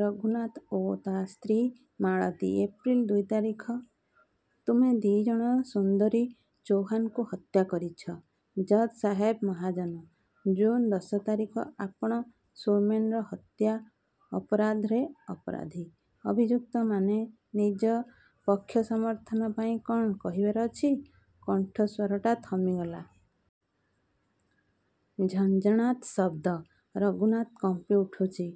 ରଘୁନାଥ ଓ ତା ସ୍ତ୍ରୀ ମାଳତୀ, ଏପ୍ରିଲ ଦୁଇ ତାରିଖ। ତୁମେ ଦି'ଜଣ ସୁନ୍ଦରୀ ଚୌହାନକୁ ହତ୍ୟା କରିଛ। ଜଜ୍‌ସାହେବ ମହାଜନ, ଜୁନ୍ ଦଶ ତାରିଖ, ଆପଣ ସୌମେନ୍‌ର ହତ୍ୟା ଅପରାଧରେ ଅପରାଧୀ। ଅଭିଯୁକ୍ତମାନେ, ନିଜ ପକ୍ଷସମର୍ଥନ ପାଇଁ କ'ଣ କହିବାର ଅଛି? କଣ୍ଠସ୍ୱରଟା ଥମିଗଲା। ଝଞ୍ଜଣାତ୍ ଶବ୍ଦ। ରଘୁନାଥ କମ୍ପିଉଠୁଛି।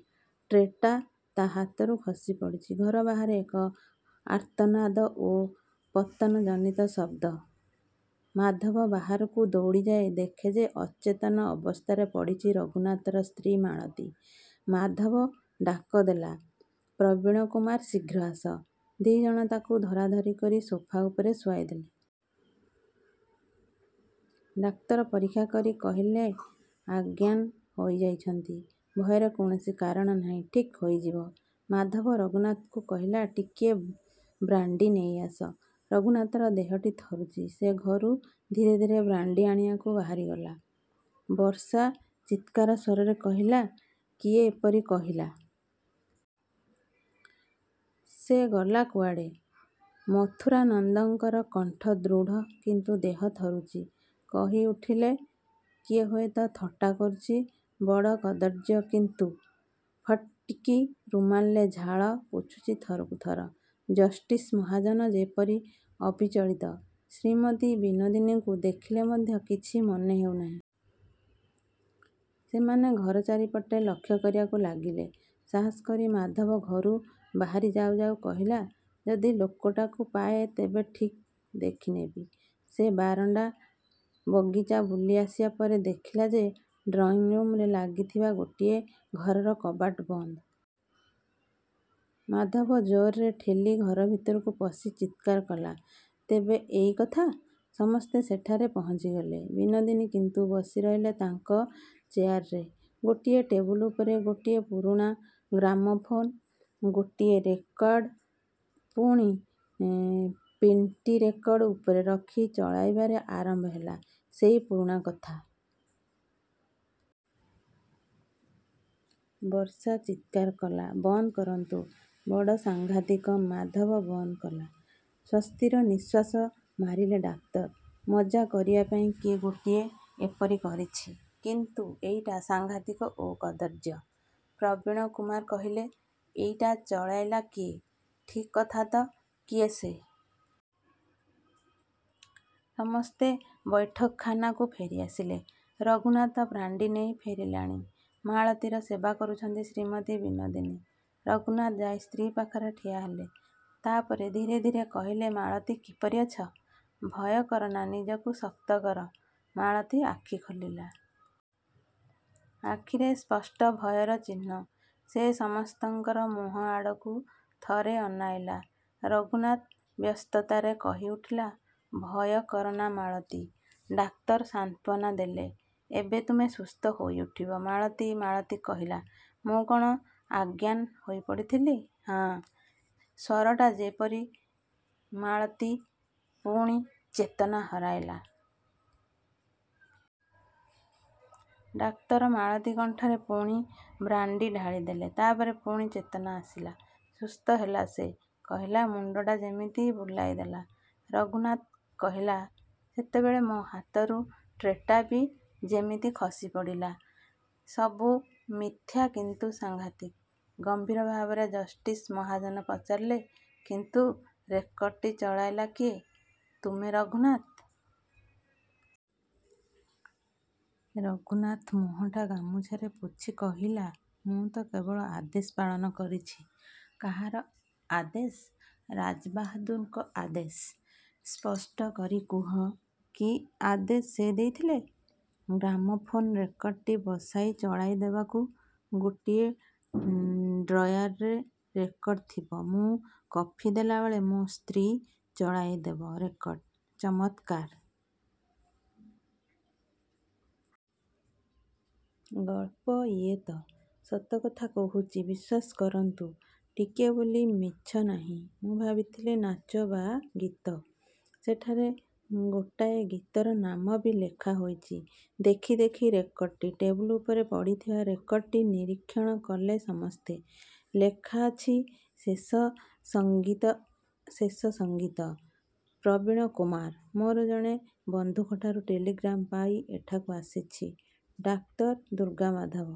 ଟ୍ରେଟା ତା'ହାତରୁ ଖସିପଡ଼ିଛି। ଘର ବାହାରେ ଏକ ଆର୍ତ୍ତନାଦ ଓ ପତନଜନିତ ଶବ୍ଦ। ମାଧବ ବାହାରକୁ ଦୌଡ଼ିଯାଇ ଦେଖେ ଯେ ଅଚେତନ ଅବସ୍ଥାରେ ପଡ଼ିଛି ରଘୁନାଥର ସ୍ତ୍ରୀ ମାଳତୀ। ମାଧବ ଡାକଦେଲା, ପ୍ରବୀଣକୁମାର ଶୀଘ୍ର ଆସ। ଦି'ଜଣ ତାକୁ ଧରାଧରି କରି ସୋଫା ଉପରେ ଶୁଆଇଦେଲେ। ଡାକ୍ତର ପରୀକ୍ଷା କରି କହିଲେ, ଅଜ୍ଞାନ ହୋଇଯାଇଛନ୍ତି। ଭୟର କୌଣସି କାରଣ ନାହିଁ। ଠିକ୍ ହୋଇଯିବ। ମାଧବ ରଘୁନାଥକୁ କହିଲା, ଟିକିଏ ବ୍ରାଣ୍ଡି ନେଇଆସ। ରଘୁନାଥର ଦେହଟି ଥରୁଛି। ସେ ଘରୁ ଧୀରେ ଧୀରେ ବ୍ରାଣ୍ଡି ଆଣିବାକୁ ବାହାରିଗଲା। ବର୍ଷା ଚିତ୍କାରସ୍ୱରରେ କହିଲା, କିଏ ଏପରି କହିଲା? ସେ ଗଲା କୁଆଡ଼େ? ମଥୁରାନନ୍ଦଙ୍କର କଣ୍ଠ ଦୃଢ଼, କିନ୍ତୁ ଦେହ ଥରୁଛି। କହିଉଠିଲେ, କିଏ ହୁଏତ ଥଟ୍ଟା କରୁଛି, ବଡ଼ କଦର୍ଯ୍ୟ କିନ୍ତୁ। ଫଟିକ୍ ରୁମାଲରେ ଝାଳ ପୋଛୁଛି ଥରକୁ ଥର। ଜଷ୍ଟିସ୍ ମହାଜନ ଯେପରି ଅବିଚଳିତ। ଶ୍ରୀମତୀ ବିନୋଦିନୀଙ୍କୁ ଦେଖିଲେ ମଧ୍ୟ କିଛି ମନେ ହେଉନାହିଁ। ସେମାନେ ଘର ଚାରିପଟେ ଲକ୍ଷ୍ୟ କରିବାକୁ ଲାଗିଲେ। ସାହସ କରି ମାଧବ ଘରୁ ବାହାରି ଯାଉ ଯାଉ କହିଲା, ଯଦି ଲୋକଟାକୁ ପାଏ, ତେବେ ଠିକ୍ ଦେଖିନେବି। ସେ ବାରଣ୍ଡା, ବଗିଚା ବୁଲିଆସିବା ପରେ ଦେଖିଲା ଯେ ଡ୍ରଇଁରୁମରେ ଲାଗିଥିବା ଗୋଟିଏ ଘରର କବାଟ ବନ୍ଦ। ମାଧବ ଜୋରରେ ଠେଲି ଘରଭିତରକୁ ପଶି ଚିତ୍କାର କଲା, ତେବେ ଏଇ କଥା? ସମସ୍ତେ ସେଠାରେ ପହଞ୍ଚିଗଲେ। ବିନୋଦିନୀ କିନ୍ତୁ ବସିରହିଲେ ତାଙ୍କ ଚେଆରରେ। ଗୋଟିଏ ଟେବୁଲ୍ ଉପରେ ଗୋଟାଏ ପୁରୁଣା ଗ୍ରାମୋଫୋନ୍, ଗୋଟାଏ ରେକର୍ଡ଼। ପୁଣି ପିନ୍‌ଟି ରେକର୍ଡ଼ ଉପରେ ରଖି ଚଳାଇବାରେ ଆରମ୍ଭ ହେଲା ସେଇ ପୁରୁଣା କଥା। ବର୍ଷା ଚିତ୍କାର କଲା, ବନ୍ଦ କରନ୍ତୁ, ବଡ଼ ସାଙ୍ଘାତିକ। ମାଧବ ବନ୍ଦ କଲା। ସ୍ୱସ୍ତିର ନିଃଶ୍ୱାସ ମାରିଲେ ଡାକ୍ତର। ମଜା କରିବାପାଇଁ କିଏ ଗୋଟିଏ ଏପରି କରିଛି, କିନ୍ତୁ ଏଇଟା ସାଂଘାତିକ ଓ କଦର୍ଯ୍ୟ। ପ୍ରବୀଣକୁମାର କହିଲେ, ଏଇଟା ଚଳାଇଲା କିଏ? ଠିକ୍ କଥା ତ, କିଏ ସେ? ସମସ୍ତେ ବୈଠକଖାନାକୁ ଫେରିଆସିଲେ। ରଘୁନାଥ ବ୍ରାଣ୍ଡି ନେଇ ଫେରିଲାଣି। ମାଳତୀର ସେବା କରୁଛନ୍ତି ଶ୍ରୀମତୀ ବିନୋଦିନୀ। ରଘୁନାଥ ଯାଇ ସ୍ତ୍ରୀ ପାଖରେ ଠିଆହେଲା। ତା'ପରେ ଧୀରେ ଧୀରେ କହିଲା, ମାଳତୀ, କିପରି ଅଛ? ଭୟ କର ନା, ନିଜକୁ ଶକ୍ତ କର। ମାଳତୀ ଆଖି ଖୋଲିଲା। ଆଖିରେ ସ୍ପଷ୍ଟ ଭୟର ଚିହ୍ନ। ସେ ସମସ୍ତଙ୍କର ମୁହଁ ଆଡ଼କୁ ଥରେ ଅନାଇଲା। ରଘୁନାଥ ବ୍ୟସ୍ତତାରେ କହିଉଠିଲା, ଭୟ କର ନା ମାଳତୀ। ଡାକ୍ତର ସାନ୍ତ୍ୱନା ଦେଲେ, ଏବେ ତୁମେ ସୁସ୍ଥ ହୋଇଉଠିବ, ମାଳତୀ ମାଳତୀ କହିଲା, ମୁଁ କ'ଣ ଆଜ୍ଞାନ ହୋଇପଡ଼ିଥିଲି? ହଁ। ସେ ସ୍ୱରଟା ଯେପରି ମାଳତୀ ପୁଣି ଚେତନା ହରାଇଲା। ଡାକ୍ତର ମାଳତୀ କଣ୍ଠରେ ପୁଣି ବ୍ରାଣ୍ଡି ଢାଳିଦେଲେ। ତା'ପରେ ପୁଣି ଚେତନା ଆସିଲା। ସୁସ୍ଥ ହେଲା ସେ। କହିଲା, ମୁଣ୍ଡଟା ଯେମିତି ବୁଲାଇଦେଲା। ରଘୁନାଥ କହିଲା, ସେତେବେଳେ ମୋ ହାତରୁ ଟ୍ରେଟା ବି ଯେମିତି ଖସିପଡ଼ିଲା। ସବୁ ମିଥ୍ୟା, କିନ୍ତୁ ସାଙ୍ଘାତିକ। ଗମ୍ଭୀର ଭାବରେ ଜଷ୍ଟିସ୍ ମହାଜନ ପଚାରିଲେ, କିନ୍ତୁ ରେକର୍ଡ଼ଟି ଚଳାଇଲା କିଏ, ତୁମେ, ରଘୁନାଥ? ରଘୁନାଥ ମୁହଁଟା ଗାମୁଛାରେ ପୋଛି କହିଲା ମୁଁ ତ କେବଳ ଆଦେଶ ପାଳନ କରିଛି। କାହାର ଆଦେଶ? ରାଜାବହାଦୁରଙ୍କ ଆଦେଶ। ସ୍ପଷ୍ଟ କରି କୁହ, କି ଆଦେଶ ସେ ଦେଇଥିଲେ? ଗ୍ରାମୋଫୋନ୍ ରେକର୍ଡ଼ଟି ବସାଇ ଚଳାଇଦେବାକୁ। ଗୋଟାଏ ଡ୍ରୟାରରେ ରେକର୍ଡ଼ ଥିବ। ମୁଁ କଫି ଦେଲାବେଳେ ମୋ ସ୍ତ୍ରୀ ଚଳାଇଦେବ ରେକର୍ଡ଼। ଚମତ୍କାର ଗଳ୍ପ ଇଏତ ସତକଥା କହୁଛି। ବିଶ୍ୱାସ କରନ୍ତୁ, ଟିକିଏ ବୋଲି ମିଛ ନାହିଁ। ମୁଁ ଭାବିଥିଲି, ନାଚ ବା ଗୀତ। ସେଠାରେ ଗୋଟାଏ ଗୀତର ନାମ ବି ଲେଖାହୋଇଛି। ଦେଖି ଦେଖି ରେକର୍ଡ଼ଟି। ଟେବୁଲ୍ ଉପରେ ପଡ଼ିଥିବା ରେକର୍ଡ଼ଟି ନିରୀକ୍ଷଣ କଲେ ସମସ୍ତେ। ଲେଖା ଅଛି, ଶେଷ ସଙ୍ଗୀତ। ପ୍ରବୀଣକୁମାର? ମୋର ଜଣେ ବନ୍ଧୁଙ୍କଠାରୁ ଟେଲିଗ୍ରାମ୍ ପାଇ ଏଠାକୁ ଆସିଛି। ଡାକ୍ତର ଦୁର୍ଗାମାଧବ?